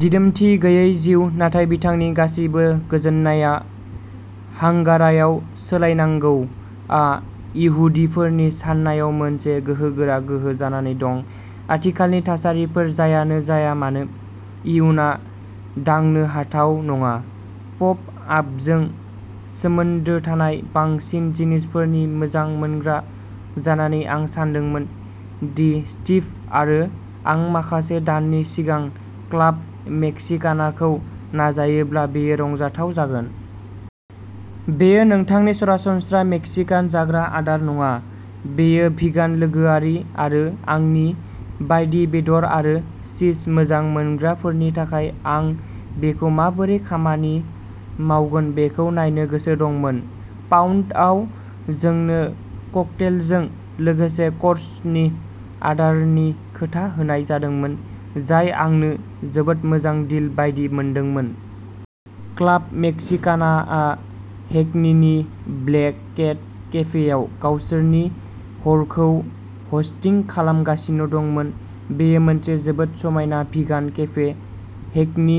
दिदोमथि गैयै जिउ, नाथाय बिथांनि गासिबो गोजोननाया हांगारायाव सोलायनांगौआ इहुदिफोरनि साननायाव मोनसे गोहोगोरा गोहो जानानै दं। आथिखालनि थासारिफोर जायानो जाया मानो, इयुनआ दांनो हाथाव नङा। पप आपजों सोमोन्दो थानाय बांसिन जिनिसफोरनि मोजां मोनग्रा जानानै आं सानदोंमोन दि स्टिभ आरो आं माखासे दाननि सिगां क्लाब मेक्सिकानाखौ नाजायोब्ला बेयो रंजाथाव जागोन। बेयो नोंथांनि सरासनस्रा मेक्सिकान जाग्रा आदार नङा, बेयो भिगान लोगोआरि आरो आंनि बायदि बेदर आरो चीज मोजां मोनग्राफोरनि थाखाय आं बेखौ माबोरै खामानि मावगोन बेखौ नायनो गोसो दंमोन। पाउन्दआव जोंनो ककटेलजों लोगोसे कर्सनि आदारनि खोथा होनाय जादोंमोन, जाय आंनो जोबोद मोजां डिल बायदि मोनदोंमोन। क्लाब मेक्सिकानाआ हेकनीनि ब्लेक केट केफेआव गावसोरनि हरखौ हस्टिं खालामगासिनो दंमोन। बेयो मोनसे जोबोद समायना भिगान केफे, हेकनी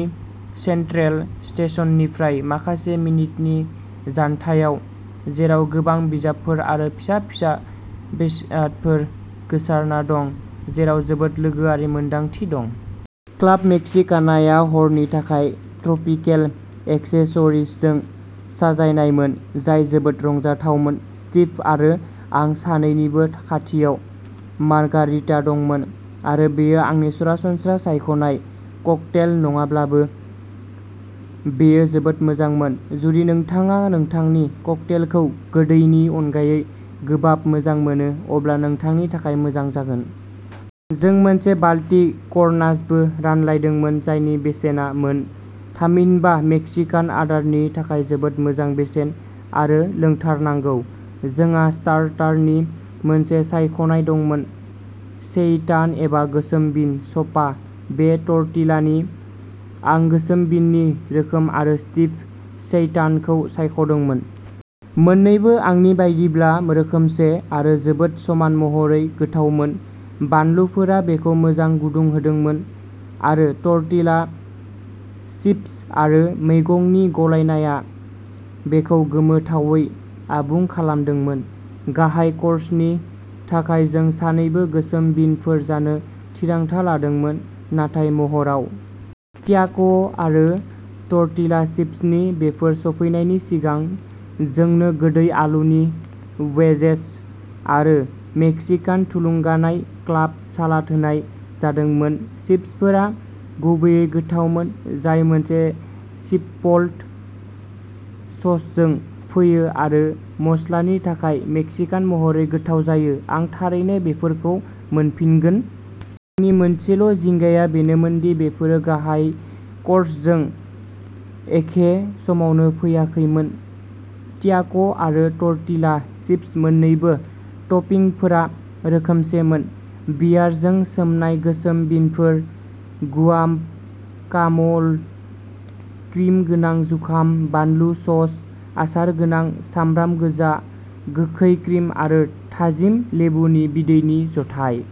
सेन्ट्रेल स्टेशननिफ्राय माखासे मिनिटनि जानथायाव, जेराव गोबां बिजाबफोर आरो फिसा-फिसा बेसादफोर गोसारना दं, जेराव जोबोद लोगोआरि मोनदांथि दं। क्लाब मेक्सिकानाया हरनि थाखाय ट्रपिकेल एक्सेसरिजजों साजायनायमोन, जाय जोबोद रंजाथावमोन। स्टिभ आरो आं सानैनिबो खाथियाव मार्गारिटा दंमोन आरो बेयो आंनि सरासनस्रा सायख'नाय ककटेल नङाब्लाबो बेयो जोबोद मोजांमोन। जुदि नोंथाङा नोंथांनि ककटेलखौ गोदैनि अनगायै गोबाब मोजां मोनो, अब्ला नोंथांनि थाखाय मोजां जागोन। जों मोनसे बालति करनासबो रानलायदोंमोन जायनि बेसेना मोन, थामहिनबा मेक्सिकान आदारनि थाखाय जोबोद मोजां बेसेन आरो लोंथारनांगौ। जोंहा स्टार्टारनि मोनसे सायख'नाय दंमोन, सेइटान एबा गोसोम बिन स'पा दे टर्टिलानि। आं गोसोम बिननि रोखोम आरो स्टिभ सेइटानखौ सायख'दोंमोन। मोननैबो आंनि बायदिब्ला रोखोमसे आरो जोबोद समान महरै गोथावमोन। बानलुफोरा बेखौ मोजां गुदुं होदोंमोन आरो टर्टिला चिप्स आरो मैगंनि गलायनाया बेखौ गोमोथावै आबुं खालामदोंमोन। गाहाय कर्सनि थाखाय जों सानैबो गोसोम बिनफोर जानो थिरांथा लादोंमोन, नाथाय महराव। ट्याक'आरो टर्टिला चिप्सनि। बेफोर सौफैनायनि सिगां जोंनो गोदै आलुनि वेजेस आरो मेक्सिकान थुलुंगानाय क्लाब सालाद होनाय जादोंमोन। चिप्सफोरा गुबैयै गोथावमोन, जाय मोनसे चिप'ल्ट ससजों फैयो आरो मस्लानि थाखाय मेक्सिकान महरै गोथाव जायो। आं थारैनो बेफोरखौ मोनफिनगोन! आंनि मोनसेल'जिंगाया बेनोमोन दि बेफोरो गाहाय क'र्सजों एखे समावनो फैयाखैमोन। ट्याक'आरो टर्टिला चिप्स मोन्नैनिबो टपिंफोरा रोखोमसेमोन, बियारजों सोमनाय गोसोम बिनफोर, गुआकाम'ल, क्रिम गोनां जुखाम, बानलु सस, आसार गोनां सामब्राम गोजा, गोखै क्रिम आरो थाजिम लेबुनि बिदैनि जथाय।